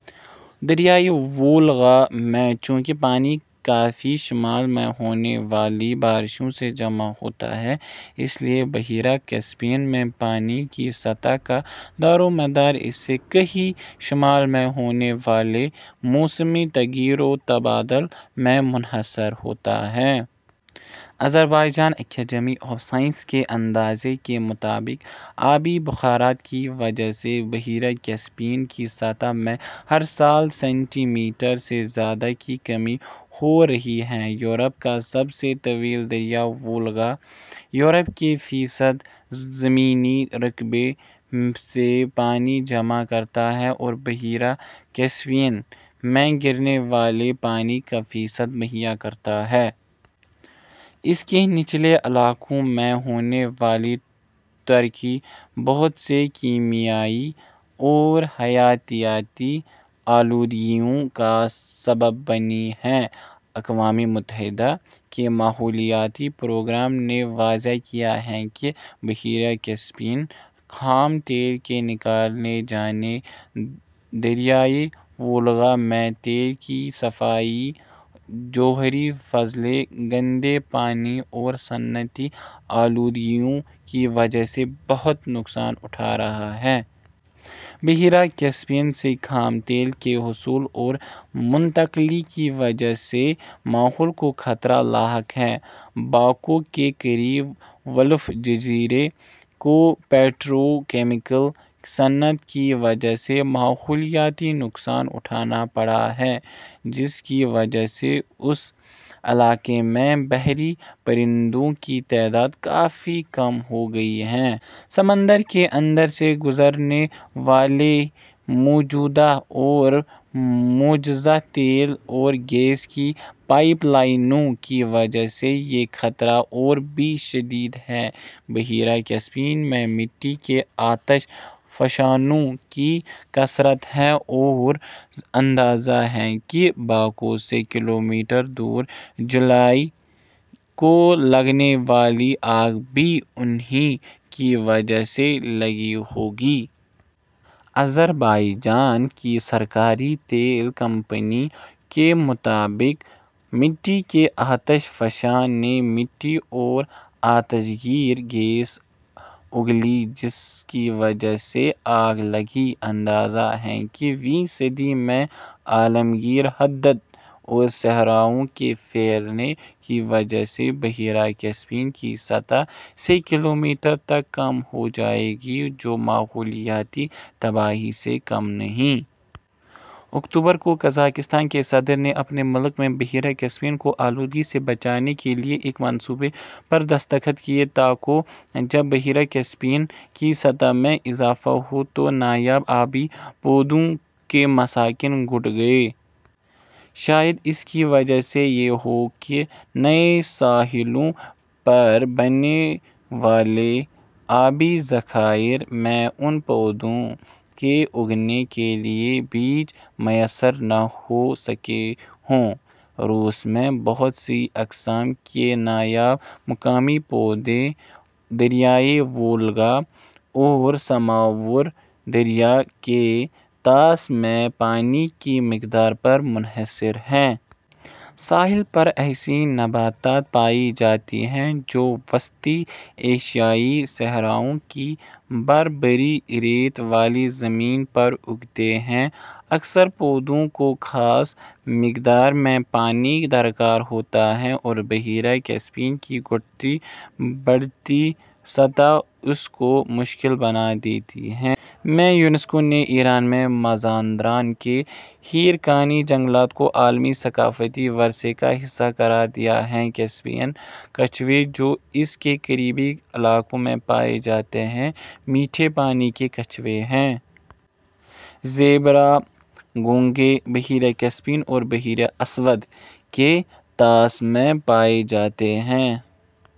دریائے وولگا میں چونکہ پانی کافی شمال میں ہونے والی بارشوں سے جمع ہوتا ہے، اس لیے بحیرہ کیسپیئن میں پانی کی سطح کا دارومدار اس سے کہیں شمال میں ہونے والے موسمی تغیر و تبدل پر منحصر ہوتا ہے۔ آذربائیجان اکیڈمی آف سائنس کے اندازے کے مطابق آبی بخارات کی وجہ سے بحیرہ کیپسیئن کی سطح میں ہر سال سینٹی میٹر سے زیادہ کی کمی ہو رہی ہے۔ یورپ کا سب سے طویل دریا وولگا یورپ کے فیصد زمینی رقبے سے پانی جمع کرتا ہے اور بحیرہ کیسپیئن میں گرنے والے پانی کا فیصد مہیا کرتا ہے۔ اس کے نچلے علاقوں میں ہونے والی ترقی بہت سی کیمیائی اور حیاتیاتی آلودگیوں کا سبب بنی ہے۔ اقوامِ متحدہ کے ماحولیاتی پروگرام نے واضح کیا ہے کہ "بحیرہ کیسپیئن خام تیل کے نکالے جانے، دریائے وولگا میں تیل کی صفائی، جوہری فضلے، گندے پانی اور صنعتی آلودگیوں کی وجہ سے بہت نقصان اٹھا رہا ہے"۔ بحیرہ کیسپیئن سے خام تیل کے حصول اور منتقلی کی وجہ سے ماحول کو خطرہ لاحق ہے۔ باکو کے قریب ولف جزیرے کو پیٹروکیمیکل صنعت کی وجہ سے ماحولیاتی نقصان اٹھانا پڑا ہے جس کی وجہ سے اس علاقے میں بحری پرندوں کی تعداد کافی کم ہو گئی ہے۔ سمندر کے اندر سے گزرنے والی موجودہ اور مجوزہ تیل اور گیس کی پائپ لائنوں کی وجہ سے یہ خطرہ اور بھی شدید ہے۔ بحیرہ کیسپیئن میں مٹی کے آتش فشانوں کی کثرت ہے اور اندازہ ہے کہ باکو سے کلومیٹر دور جولائی کو لگنے والی آگ بھی انہی کی وجہ سے لگی ہوگی۔ آذربائیجان کی سرکاری تیل کمپنی کے مطابق مٹی کے آتش فشاں نے مٹی اور آتشگیر گیس اگلی جس کی وجہ سے آگ لگی۔ اندازہ ہے کہ ویں صدی میں عالمگیر حدت اور صحراؤں کے پھیلنے کی وجہ سے بحیرہ کیسپیئن کی سطح سے میٹر تک کم ہو جائے گی جو ماحولیاتی تباہی سے کم نہیں۔ اکتوبر کو قزاقستان کے صدر نے اپنے ملک میں بحیرہ کیسپیئن کو آلودگی سے بچانے کے لیے ایک منصوبے پر دستخط کیے۔ تا کو جب بحیرہ کیسپیئن کی سطح میں اضافہ ہوا تو نایاب آبی پودوں کے مساکن گھٹ گئے۔ شاید اس کی وجہ یہ ہو کہ نئے ساحلوں پر بننے والے آبی ذخائر میں ان پودوں کے اگنے کے لیے بیج میسر نہ ہو سکے ہوں۔ روس میں بہت سی اقسام کے نایاب مقامی پودے دریائے وولگا اور سامور دریا کے طاس میں پانی کی مقدار پر منحصر ہیں۔ ساحل پر ایسی نباتات پائی جاتی ہیں جو وسطی ایشیائی صحراؤں کی بھربھری ریت والی زمین پر اگتے ہیں۔ اکثر پودوں کو خاص مقدار میں پانی درکار ہوتا ہے اور بحیرہ کیسپیئن کی گھٹتی بڑھتی سطح اس کو مشکل بنا دیتی ہے۔ میں یونیسکو نے ایران میں مزاندران کے ہیرکانی جنگلات کو عالمی ثقافتی ورثے کا حصہ قرار دیا ہے۔ کیسپیئن کچھوے جو اس کے قریبی علاقوں میں پائے جاتے ہیں، میٹھے پانی کے کچھوے ہیں۔ زیبرا گھونگھے بحیرہ کیپسیئن اور بحر اسود کے طاس میں پائے جاتے ہیں۔